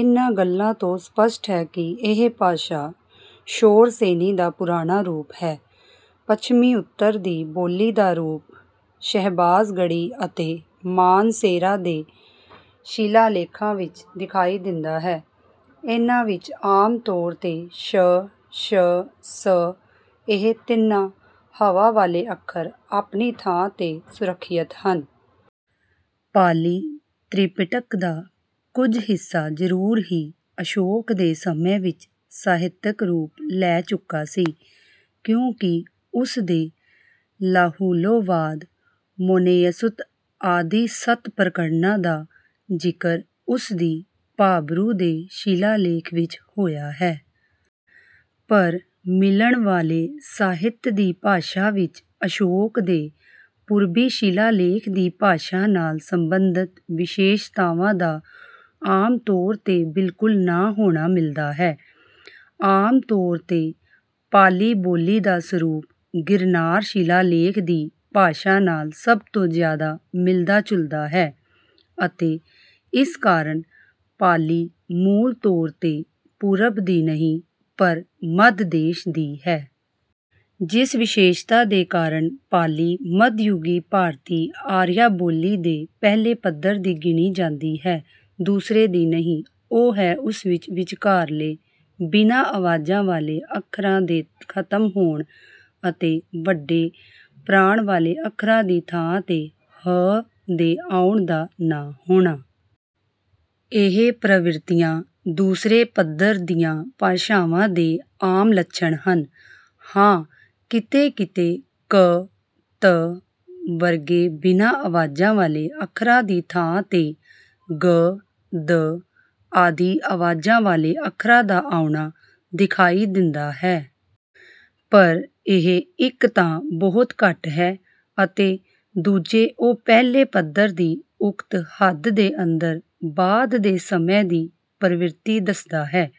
ਇਨ੍ਹਾਂ ਗੱਲਾਂ ਤੋਂ ਸਪੱਸ਼ਟ ਹੈ ਕਿ ਇਹ ਭਾਸ਼ਾ ਸ਼ੌਰਸੇਨੀ ਦਾ ਪੁਰਾਣਾ ਰੂਪ ਹੈ। ਪੱਛਮੀ ਉੱਤਰ ਦੀ ਬੋਲੀ ਦਾ ਰੂਪ ਸ਼ਹਬਾਜਗੜੀ ਅਤੇ ਮਾਨਸੇਰਾ ਦੇ ਸ਼ਿਲਾਲੇਖਾਂ ਵਿੱਚ ਦਿਖਾਈ ਦਿੰਦਾ ਹੈ। ਇਨ੍ਹਾਂ ਵਿੱਚ ਆਮ ਤੌਰ ਤੇ ਸ਼ ਸ਼ ਸ ਇਹ ਤਿੰਨਾਂ ਹਵਾ ਵਾਲੇ ਅੱਖਰ ਆਪਣੀ ਥਾਂ ਤੇ ਸੁਰੱਖਿਅਤ ਹਨ। ਪਾਲੀ ਤ੍ਰਿਪਿਟਕ ਦਾ ਕੁੱਝ ਹਿੱਸਾ ਜਰੂਰ ਹੀ ਅਸ਼ੋਕ ਦੇ ਸਮੇਂ ਵਿੱਚ ਸਾਹਿਤਕ ਰੂਪ ਲੈ ਚੁੱਕਾ ਸੀ ਕਿਉਂਕਿ ਉਸ ਦੇ ਲਾਹੁਲੋਵਾਦ ਮੋਨੇਇਯਸੁੱਤ ਆਦਿ ਸੱਤ ਪ੍ਰਕਰਣਾਂ ਦਾ ਜ਼ਿਕਰ ਉਸਦੀ ਭਾਬਰੂ ਦੇ ਸ਼ਿਲਾਲੇਖ ਵਿੱਚ ਹੋਇਆ ਹੈ। ਪਰ ਮਿਲਣ ਵਾਲੇ ਸਾਹਿਤ ਦੀ ਭਾਸ਼ਾ ਵਿੱਚ ਅਸ਼ੋਕ ਦੇ ਪੂਰਬੀ ਸ਼ਿਲਾਲੇਖ ਦੀ ਭਾਸ਼ਾ ਨਾਲ ਸਬੰਧਿਤ ਵਿਸ਼ੇਸ਼ਤਾਵਾਂ ਦਾ ਆਮ ਤੌਰ ਤੇ ਬਿਲਕੁਲ ਨਾ ਹੋਣਾ ਮਿਲਦਾ ਹੈ। ਆਮ ਤੌਰ ਤੇ ਪਾਲੀ ਬੋਲੀ ਦਾ ਸਰੂਪ ਗਿਰਨਾਰ ਸ਼ਿਲਾਲੇਖ ਦੀ ਭਾਸ਼ਾ ਨਾਲ ਸਭ ਤੋਂ ਜਿਆਦਾ ਮਿਲਦਾ ਜੁਲਦਾ ਹੈ ਅਤੇ ਇਸ ਕਾਰਨ ਪਾਲੀ ਮੂਲ ਤੌਰ ਤੇ ਪੂਰਬ ਦੀ ਨਹੀਂ ਪਰ ਮੱਧ ਦੇਸ਼ ਦੀ ਹੈ। ਜਿਸ ਵਿਸ਼ੇਸ਼ਤਾ ਦੇ ਕਾਰਨ ਪਾਲੀ ਮਧਯੁਗੀ ਭਾਰਤੀ ਆਰੀਆ ਬੋਲੀ ਦੇ ਪਹਿਲੇ ਪੱਧਰ ਦੀ ਗਿਣੀ ਜਾਂਦੀ ਹੈ ਦੂਸਰੇ ਦੀ ਨਹੀਂ ਉਹ ਹੈ ਉਸ ਵਿੱਚ ਵਿਚਕਾਰਲੇ ਬਿਨਾਂ ਆਵਾਜ਼ਾਂ ਵਾਲੇ ਅੱਖਰਾਂ ਦੇ ਖਤਮ ਹੋਣ ਅਤੇ ਵੱਡੇ ਪ੍ਰਾਣ ਵਾਲੇ ਅੱਖਰਾਂ ਦੀ ਥਾਂ ਤੇ ਹ ਦੇ ਆਉਣ ਦਾ ਨਾ ਹੋਣਾ। ਇਹ ਪ੍ਰਵਿਰਤੀਆਂ ਦੂਸਰੇ ਪੱਧਰ ਦੀਆਂ ਭਾਸ਼ਾਵਾਂ ਦੇ ਆਮ ਲੱਛਣ ਹਨ। ਹਾਂ ਕਿਤੇ ਕਿਤੇ ਕ ਤ ਵਰਗੇ ਬਿਨਾਂ ਆਵਾਜ਼ਾਂ ਵਾਲੇ ਅੱਖਰਾਂ ਦੀ ਥਾਂ ਤੇ ਗ ਦ ਆਦਿ ਆਵਾਜ਼ਾਂ ਵਾਲੇ ਅੱਖਰਾਂ ਦਾ ਆਉਣਾ ਦਿਖਾਈ ਦਿੰਦਾ ਹੈ। ਪਰ ਇਹ ਇੱਕ ਤਾਂ ਬਹੁਤ ਘੱਟ ਹੈ ਅਤੇ ਦੂਜੇ ਉਹ ਪਹਿਲੇ ਪੱਧਰ ਦੀ ਉਕਤ ਹੱਦ ਦੇ ਅੰਦਰ ਬਾਅਦ ਦੇ ਸਮੇਂ ਦੀ ਪ੍ਰਵਿਰਤੀ ਦੱਸਦਾ ਹੈ।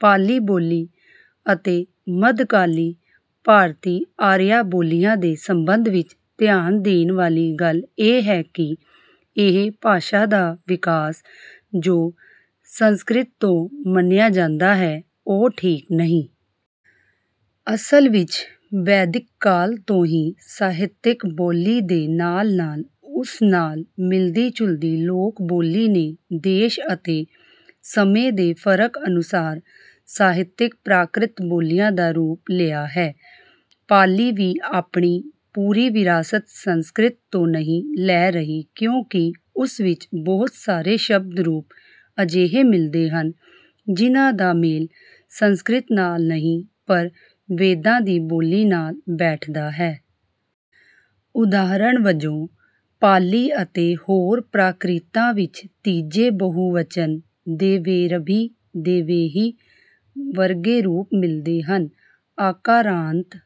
ਪਾਲੀ ਬੋਲੀ ਅਤੇ ਮੱਧਕਾਲੀ ਭਾਰਤੀ ਆਰੀਆ ਬੋਲੀਆਂ ਦੇ ਸੰਬੰਧ ਵਿੱਚ ਧਿਆਨ ਦੇਣ ਵਾਲੀ ਗੱਲ ਇਹ ਹੈ ਕਿ ਇਹ ਭਾਸ਼ਾ ਦਾ ਵਿਕਾਸ ਜੋ ਸੰਸਕ੍ਰਿਤ ਤੋਂ ਮੰਨਿਆ ਜਾਂਦਾ ਹੈ ਉਹ ਠੀਕ ਨਹੀਂ। ਅਸਲ ਵਿੱਚ ਵੈਦਿਕ ਕਾਲ ਤੋਂ ਹੀ ਸਾਹਿਤਕ ਬੋਲੀ ਦੇ ਨਾਲ ਨਾਲ ਉਸ ਨਾਲ ਮਿਲਦੀ ਜੁਲਦੀ ਲੋਕ ਬੋਲੀ ਨੇ ਦੇਸ਼ ਅਤੇ ਸਮੇਂ ਦੇ ਫਰਕ ਅਨੁਸਾਰ ਸਾਹਿਤਕ ਪ੍ਰਾਕ੍ਰਿਤ ਬੋਲੀਆਂ ਦਾ ਰੂਪ ਲਿਆ ਹੈ। ਪਾਲੀ ਵੀ ਆਪਣੀ ਪੂਰੀ ਵਿਰਾਸਤ ਸੰਸਕ੍ਰਿਤ ਤੋਂ ਨਹੀਂ ਲੈ ਰਹੀ ਕਿਉਂਕਿ ਉਸ ਵਿੱਚ ਬਹੁਤ ਸਾਰੇ ਸ਼ਬਦ ਰੂਪ ਅਜਿਹੇ ਮਿਲਦੇ ਹਨ ਜਿਨ੍ਹਾਂ ਦਾ ਮੇਲ ਸੰਸਕ੍ਰਿਤ ਨਾਲ ਨਹੀਂ ਪਰ ਵੇਦਾਂ ਦੀ ਬੋਲੀ ਨਾਲ ਬੈਠਦਾ ਹੈ। ਉਦਾਹਰਨ ਵਜੋਂ ਪਾਲੀ ਅਤੇ ਹੋਰ ਪ੍ਰਾਕ੍ਰਿਤਾਂ ਵਿੱਚ ਤੀਜੇ ਬਹੁਵਚਨ ਦੇਵੇਰਭਿ ਦੇਵੇਹਿ ਵਰਗੇ ਰੂਪ ਮਿਲਦੇ ਹਨ। ਆਕਾਰਾਂਤ